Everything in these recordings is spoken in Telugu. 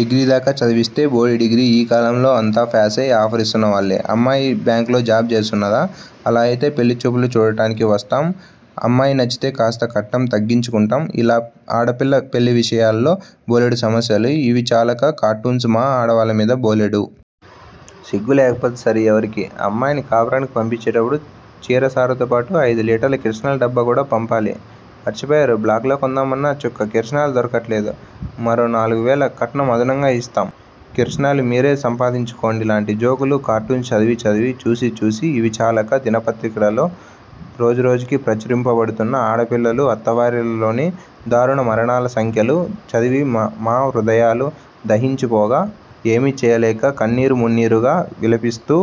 డిగ్రీదాకా చదివిస్తే బోడి డిగ్రీ యీ కాలంలో అంతా ప్యాసై అఘోరిస్తున్నవాళ్ళే అమ్మాయి బ్యాంకులో జాబ్ చేస్తున్నదా! అలా అయితే పెళ్ళిచూపులు చూడటానికి వస్తాం. అమ్మాయి నచ్చితే కాస్త కట్నం తగ్గించుకుంటాం. ఇలా ఆడపిల్ల పెళ్ళివిషయాలలో బోలెడు సమస్యలు ఇవి చాలక కార్టూన్స్ మా ఆడవాళ్ళమీద బోలెడు. సిగ్గులేకపోతే సరి ఎవరికి? అమ్మాయిని కాపురానికి పంపించేటప్పుడు చీరసారెతోపాటు అయిదు లీటర్ ల కిరసనాయిలు డబ్బా కూడా పంపాలి. మర్చిపోయేరు? బ్లాకులో కొందామన్నా చుక్క కిరసనాయిల్ దొరకటంలేదు. మరో నాలుగువేళ కట్నం అదనంగా యిస్తాం. కిరసనాయిలు మీరే సంపాదించుకోండి లాంటి జోకులు కార్టూన్స్ చదివి చదివి చూసిచూసి ఇవి చాలక దిన పత్రికలలో రోజురోజుకి ప్రచురింపబడుతున్న ఆడపిల్లలు అత్తవారిళ్ళలోని దారుణ మరణాల సంఖ్యలు చదివి మా హృదయాలు దహించిపోగా ఎమీచేయలేక కన్నీరు మున్నీరుగా విలపిస్తూ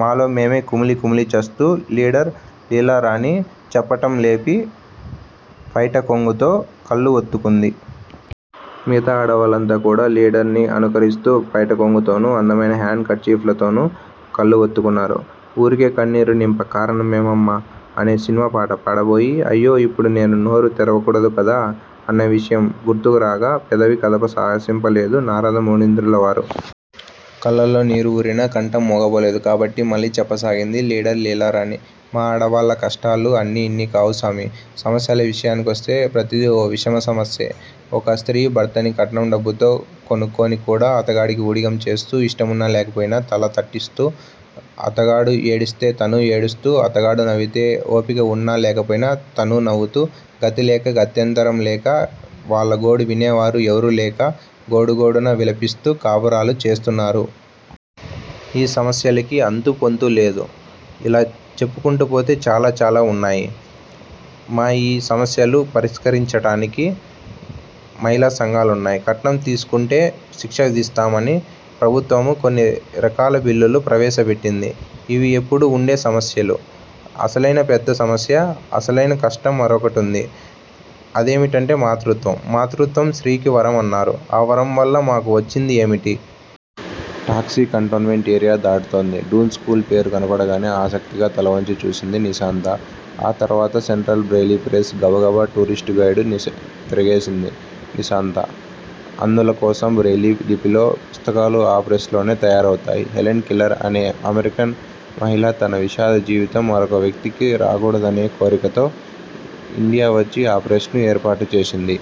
మాలో మేము కుమిలి కుమిలి చస్తూ లీడర్ లీలారాణి చెప్పటం లేపి పైటకొంగుతో కళ్ళు ఒత్తుకుంది. మిగతా ఆడవాళ్ళంతా కూడా లీడర్ ని అనుకరిస్తూ పైట కొంగులతోను అందమైన హేండ్ కర్చీఫ్ లతోను కళ్ళు వత్తుకున్నారు. ఊరికే కన్నీరు నింప కారణమేమమ్మా! అని సినిమా పాట పాడబోయి అయ్యో ఇప్పుడు నేను నోరు తెరవకూడదు కదూ. అన్న విషయం గుర్తుకురాగా పెదవి కదప సాహసింపలేదు నారదమునీంద్రులవారు. కళ్ళల్లో నీరు వూరినా కంఠం మూగపోలేదు కాబట్టి మళ్ళీ చెప్పసాగింది లీడర్ లీలారాణి. మా ఆడవాళ్ళ కష్టాలు అన్నీ యిన్నీకావు స్వామీ! సమస్యల విషయానికి వస్తే ప్రతీదీ ఓ విషమ సమస్యే. ఒక స్త్రీ భర్తని కట్నం డబ్బుతో కొనుక్కుని కూడా అతగాడికి ఊడిగం చేస్తూ ఇష్టమున్నా లేకపోయినా తల తాటిస్తూ అతగాడు ఏడిస్తే తానూ ఏడుస్తూ అతగాడు నవ్వితే ఓపిక వున్నా లేకపోయినా తనూ నవ్వుతూ గతిలేక గత్యంతరం లేక వాళ్ళగోడు వినేవారు ఎవరూలేక గోడుగోడున విలపిస్తూ కాపురాలు చేస్తున్నారు. ఈ సమస్యలకి అంతూపొంతూ లేవు. ఇలా చెప్పుకుంటూ పోతే చాలాచాలా వున్నాయి. మా యీ సమస్యలు పరిష్కరించటానికి మహిళా సంఘాలున్నాయి. కట్నం తీసుకుంటే శిక్ష విధిస్తామని ప్రభుత్వము కొన్నిరకాల బిల్లులు ప్రవేశపెట్టింది. ఇవి ఎప్పుడూ వుండే సమస్యలు. అసలయిన పెద్ద సమస్య. అసలయిన కష్టం మరొకటుంది అదేమిటంటే మాతృత్వం మాతృత్వము స్త్రీకి వరం అన్నారు ఆ వరంవల్ల మాకు వచ్చింది ఏమిటి? టాక్సీ కంటోన్ మెంటు ఏరియా దాటుతోంది. డూన్ స్కూలు పేరు కనబడగానే ఆసక్తిగా తలవంచి చూసింది నిశాంత. ఆ తర్వాత సెంట్రల్ బ్రెయిలీ ప్రెస్, గబగబా టూరిస్టు గైడ్ తిరగేసింది నిశాంత. అంధుల కోసం బ్రెయిలీ లిపిలో పుస్తకాలు ఆ ప్రెస్ లోనే తయారవుతాయి. హెల్లెన్ కెల్లెర్ అనే అమరికన్ మహిళ తన విషాద జీవితం మరొక వ్యక్తికి రాగూడదనే కోరికతో ఇండియా వచ్చి ఆ ప్రెస్ ను ఏర్పాటు చేసింది.